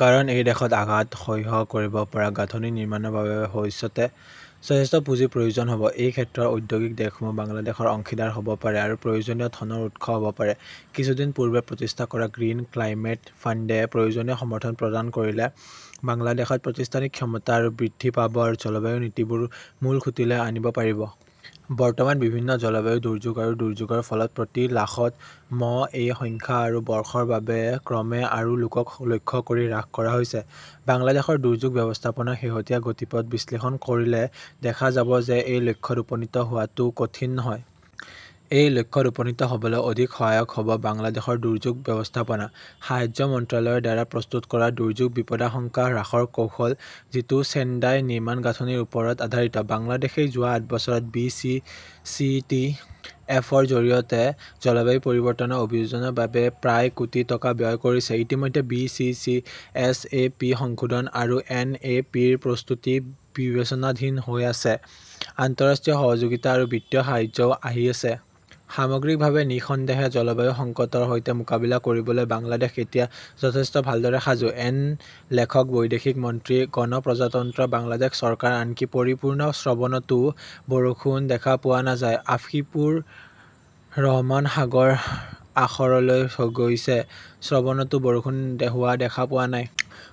কাৰণ এই দেশত আঘাত সহ্য কৰিব পৰা গাঁথনি নিৰ্মাণৰ বাবে ভৱিষ্যতে যথেষ্ট পুঁজিৰ প্ৰয়োজন হ'ব। এই ক্ষেত্ৰত ঔদ্যোগিক দেশসমূহ বাংলাদেশৰ অংশীদাৰ হ'ব পাৰে আৰু প্ৰয়োজনীয় ধনৰ উৎস হ'ব পাৰে। কিছুদিন পূৰ্বে প্ৰতিষ্ঠা কৰা গ্ৰীণ ক্লাইমেট ফাণ্ডে প্ৰয়োজনীয় সমৰ্থন প্ৰদান কৰিলে বাংলাদেশত প্ৰতিষ্ঠানিক ক্ষমতা আৰু বৃদ্ধি পাব আৰু জলবায়ু নীতিবোৰ মূলসুঁতিলৈ আনিব পাৰিব। বৰ্তমান বিভিন্ন জলবায়ু দুৰ্যোগ আৰু দুৰ্যোগৰ ফলত প্ৰতি লাখত মএই সংখ্যা আৰু বৰ্ষৰ বাবে ক্ৰমে আৰু লোকক লক্ষ্য কৰি হ্ৰাস কৰা হৈছে। বাংলাদেশৰ দুৰ্যোগ ব্যৱস্থাপনাৰ শেহতীয়া গতিপথ বিশ্লেষণ কৰিলে দেখা যাব যে এই লক্ষ্যত উপনীত হোৱাটো কঠিন নহয়। এই লক্ষ্যত উপনীত হ'বলৈ অধিক সহায়ক হ'ব বাংলাদেশৰ দুৰ্যোগ ব্যৱস্থাপনা, সাহায্য মন্ত্ৰালয়ৰ দ্বাৰা প্ৰস্তুত কৰা দুৰ্যোগ বিপদাশংকা হ্ৰাসৰ কৌশল; যিটো ছেণ্ডাই নিৰ্মাণ গাঁথনিৰ ওপৰত আধাৰিত। বাংলাদেশই যোৱা আঠ বছৰত B. C. C. T. F. -ৰ জৰিয়তে জলবায়ু পৰিৱৰ্তন অভিযোজনৰ বাবে প্ৰায় কোটি টকা ব্যয় কৰিছে। ইতিমধ্যে B. C. C. S. A. P. সংশোধন আৰু এন. এ. পি. -ৰ প্ৰস্তুতি বিবেচনাধীন হৈ আছে। আন্তঃৰাষ্ট্ৰীয় সহযোগিতা আৰু বিত্তীয় সাহায্যও আহি আছে। সামগ্ৰিকভাৱে, নিঃসন্দেহে, জলবায়ু সংকটৰ সৈতে মোকাবিলা কৰিবলৈ বাংলাদেশ এতিয়া যথেষ্ট ভালদৰে সাজু। এন লেখকঃ বৈদেশিক মন্ত্ৰী, গণপ্ৰজাতন্ত্ৰ বাংলাদেশ চৰকাৰ। আনকি পৰিপূৰ্ণ শ্ৰবণতো বৰষুণ দেখা পোৱা নাযায়। আসিফুৰ ৰহমান সাগৰ আশৰলৈ গৈছে, শ্ৰবণতো বৰষুণ হোৱা দেখা পোৱা নাই।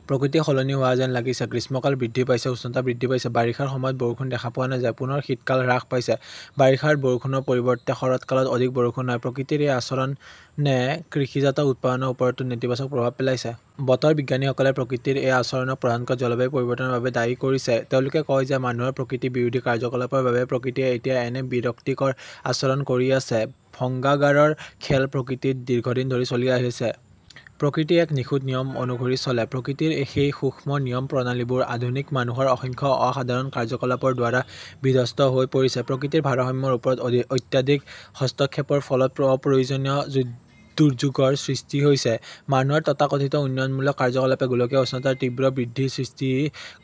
প্ৰকৃতি সলনি হোৱা যেন লাগিছে। গ্ৰীষ্মকাল বৃদ্ধি পাইছে, উষ্ণতা বৃদ্ধি পাইছে। বাৰিষাৰ সময়ত বৰষুণ দেখা পোৱা নাযায়। পুনৰ শীতকাল হ্ৰাস পাইছে। বাৰিষাৰ বৰষুণৰ পৰিৱৰ্তে শৰৎকালত অধিক বৰষুণ হয়। প্ৰকৃতিৰ এই আচৰণে কৃষিজাত উৎপাদনৰ ওপৰতো নেতিবাচক প্ৰভাৱ পেলাইছে। বতৰ বিজ্ঞানীসকলে প্ৰকৃতিৰ এই আচৰণক প্ৰধানকৈ জলবায়ু পৰিৱৰ্তনৰ বাবে দায়ী কৰিছে। তেওঁলোকে কয় যে মানুহৰ প্ৰকৃতি বিৰোধী কাৰ্যকলাপৰ বাবেই প্ৰকৃতিয়ে এতিয়া এনে বিৰক্তিকৰ আচৰণ কৰি আছে। ভংগাগাৰাৰ খেল প্ৰকৃতিত দীৰ্ঘদিন ধৰি চলি আহিছে। প্ৰকৃতি এক নিখুঁত নিয়ম অনুসৰি চলে। প্ৰকৃতিৰ সেই সূক্ষ্ম নিয়ম প্ৰণালীবোৰ আধুনিক মানুহৰ অসংখ্য অসাধাৰণ কাৰ্যকলাপৰ দ্বাৰা বিধ্বস্ত হৈ পৰিছে। প্ৰকৃতিৰ ভাৰসাম্যৰ ওপৰত অত্যাধিক হস্তক্ষেপৰ ফলত অপ্ৰয়োজনীয় দুৰ্যোগৰ সৃষ্টি হৈছে। মানুহৰ তথাকথিত উন্নয়নমূলক কাৰ্যকলাপে গোলকীয় উষ্ণতাৰ তীব্ৰ বৃদ্ধিৰ সৃষ্টি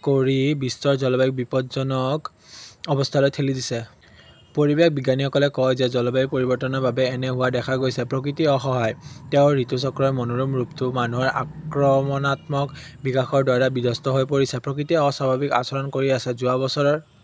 কৰি বিশ্বৰ জলবায়ুক বিপদজনক অৱস্থালৈ ঠেলি দিছে। পৰিৱেশ বিজ্ঞানীসকলে কয় যে জলবায়ু পৰিৱৰ্তনৰ বাবেই এনে হোৱা দেখা গৈছে। প্ৰকৃতি অসহায়। তেওঁৰ ঋতুচক্ৰৰ মনোৰম ৰূপটো মানুহৰ আক্ৰমণাত্মক বিকাশৰ দ্বাৰা বিধ্বস্ত হৈ পৰিছে। প্ৰকৃতিয়ে অস্বাভাৱিক আচৰণ কৰি আছে। যোৱা বছৰৰ